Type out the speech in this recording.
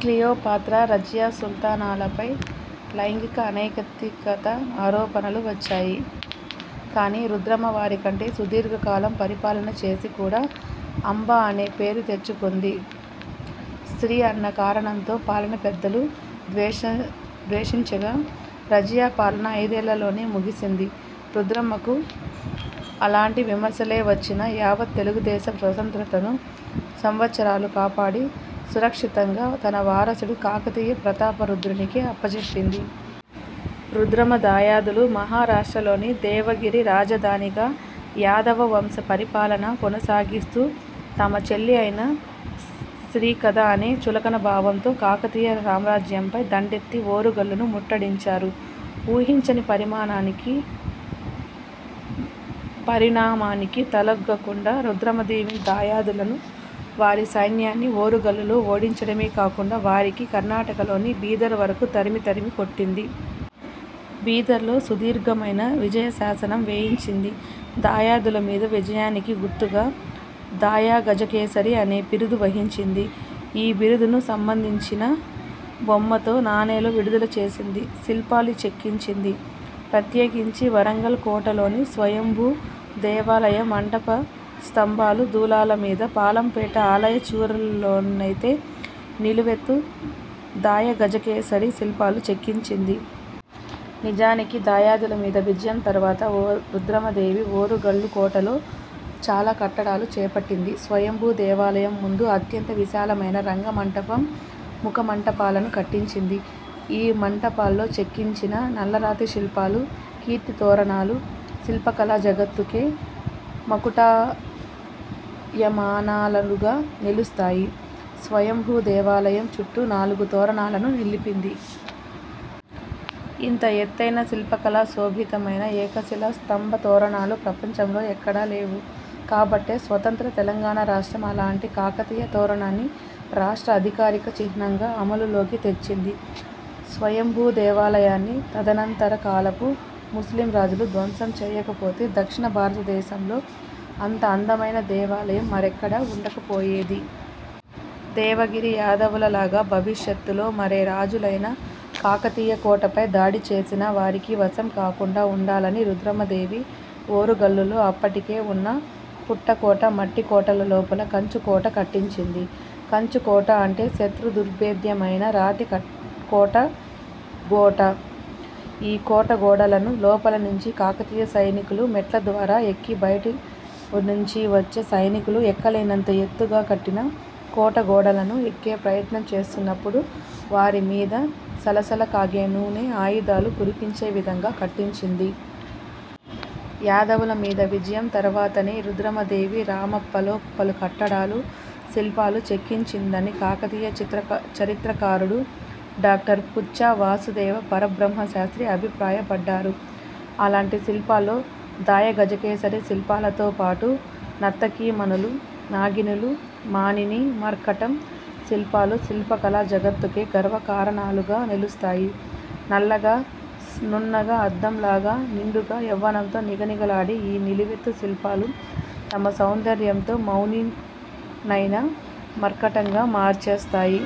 క్లియో పాత్ర, రజియా సుల్తానాలపై లైంగిక అనైతికతా ఆరోపణలు వచ్చాయి. కాని రుద్రమ వారి కంటె సుదీర్ఘ కాలం పరిపాలన చేసి కూడా 'అంబ' అనే పేరు తెచ్చుకొంది. స్ర్తీ అన్న కారణంతో పాలనా పెద్దలు ద్వేషించగా రజియాపాలన ఐదేళ్ళలోనే ముగిసింది. రుద్రమకు అలాంటి విమర్శలే వచ్చినా యావత్ తెలుగుదేశ స్వతంత్రతను సంవత్సరాలు కాపాడి సురక్షితంగా తనవారసుడు కాకతీయ ప్రతాపరుద్రునికి అప్పజెప్పింది. రుద్రమ దాయాదులు మహారాష్ట్రలోని దేవగిరి రాజధానిగా యాదవ వంశ పరిపాలన కొనసాగిస్తూ తమ చెల్లి అయినా స్ర్తీ కదా అనే చులకన భావంతో కాకతీయ సామ్రాజ్యంపై దండెత్తి ఓరుగల్లు ను ముట్టడించారు. ఊహించని పరిణామానికి తలొగ్గకుండా రుద్రమదేవి దాయాదులను, వారి సైన్యాన్ని ఓరుగల్లులో ఓడించడమే కాకుండా వారిని కర్ణాటకలోని బీదర్ వరకు తరిమి తరిమి కొట్టింది. బీదర్లో సుదీర్ఘమైన విజయ శాసనం వేయించింది. దాయాదుల మీద విజయానికి గుర్తుగా 'దాయ గజ కేసరి' అనే బిరుదు వహించింది. ఈ బిరుదును సంబంధించిన బొమ్మతో నాణేలు విడుదల చేసింది, శిల్పాలు చెక్కించింది – ప్రత్యేకించి వరంగల్ కోటలోని స్వయంభూ దేవాలయ మంటప స్తంభాలు, దూలాల మీద, పాలంపేట ఆలయ చూరుల్లోనైతే నిలువెత్తు దాయగజకేసరి శిల్పాలు చెక్కించింది. నిజానికి దాయాదుల మీద విజయం తరువాత రుద్రమదేవి ఓరుగల్లు కోటలో చాలా కట్టడాలు చేపట్టింది. స్వయంభూ దేవాలయం ముందు అత్యంత విశాలమైన రంగ మంటపం, ముఖ మంటపాలను కట్టించింది. ఈ మంటపాల్లో చెక్కించిన నల్లరాతి శిల్పాలు, కీర్తితోరణాలు శిల్పకళా జగత్తుకే మకుటాయమానాలుగా నిలుస్తాయి. స్వయంభూ దేవాలయం చుట్టూ నాలుగు తోరణాలను నిలిపింది. ఇంత ఎత్తైన శిల్పకళా శోభితమైన ఏకశిలా స్తంభ తోరణాలు ప్రపంచంలో ఎక్కడా లేవు. కాబట్టే స్వతంత్ర తెలంగాణ రాష్ట్రం అలాంటి కాకతీయ తోరణాన్ని రాష్ట్ర అధికారిక చిహ్నంగా అమలులోకి తెచ్చింది. స్వయంభూ దేవాలయాన్ని తదనంతర కాలపు ముస్లిం రాజులు ధ్వంసం చేయకపోతే దక్షిణ భారతదేశంలో అంత అందమైన దేవాలయం మరెక్కడా ఉండకపోయేది. దేవగిరి యాదవులలాగా భవిష్యత్తులో మరే రాజులైనా కాకతీయ కోటపై దాడి చేసినా వారికి వశం కాకుండా ఉండాలని రుద్రమ దేవి ఓరుగల్లులో అప్పటికే ఉన్న పుట్టకోట, మట్టికోటల లోపల 'కంచుకోట' కట్టించింది. కంచుకోట అంటే శత్రు దుర్భేద్యమైన రాతి కోటగోట. ఈ కోటగోడలను లోపల నుండి కాకతీయ సైనికులు మెట్ల ద్వారా ఎక్కి బయటి నుంచి వచ్చే సైనికులు ఎక్కలేనంత ఎత్తుగా కట్టిన కోటగోడలను ఎక్కే ప్రయత్నం చేస్తున్నప్పుడు వారి మీద సలసల కాగే నూనె, ఆయుధాలు కురిపించే విధంగా కట్టించింది. యాదవుల మీద విజయం తరువాతనే రుద్రమదేవి రామప్పలో పలు కట్టడాలు, శిల్పాలు చెక్కించిందని కాకతీయ చరిత్రకారుడు డాక్టర్ పుచ్ఛా వాసుదేవ పరబ్రహ్మ శాస్ర్తి అభిప్రాయపడ్డారు. అలాంటి శిల్పాల్లో దాయగజకేసరి శిల్పాలతోపాటు నర్తకీమణులు, నాగినులు, మానిని – మర్కటం శిల్పాలు శిల్పకళా జగత్తుకే గర్వకారణాలుగా నిలుస్తాయి. నల్లగా, నున్నగా, అద్దంలాగా నిండు యవ్వనంతో నిగనిగలాడే ఈ నిలువెత్తు శిల్పాలు తమ సౌందర్యంతో మౌనినైనా మర్కటంగా మార్చేస్తాయి.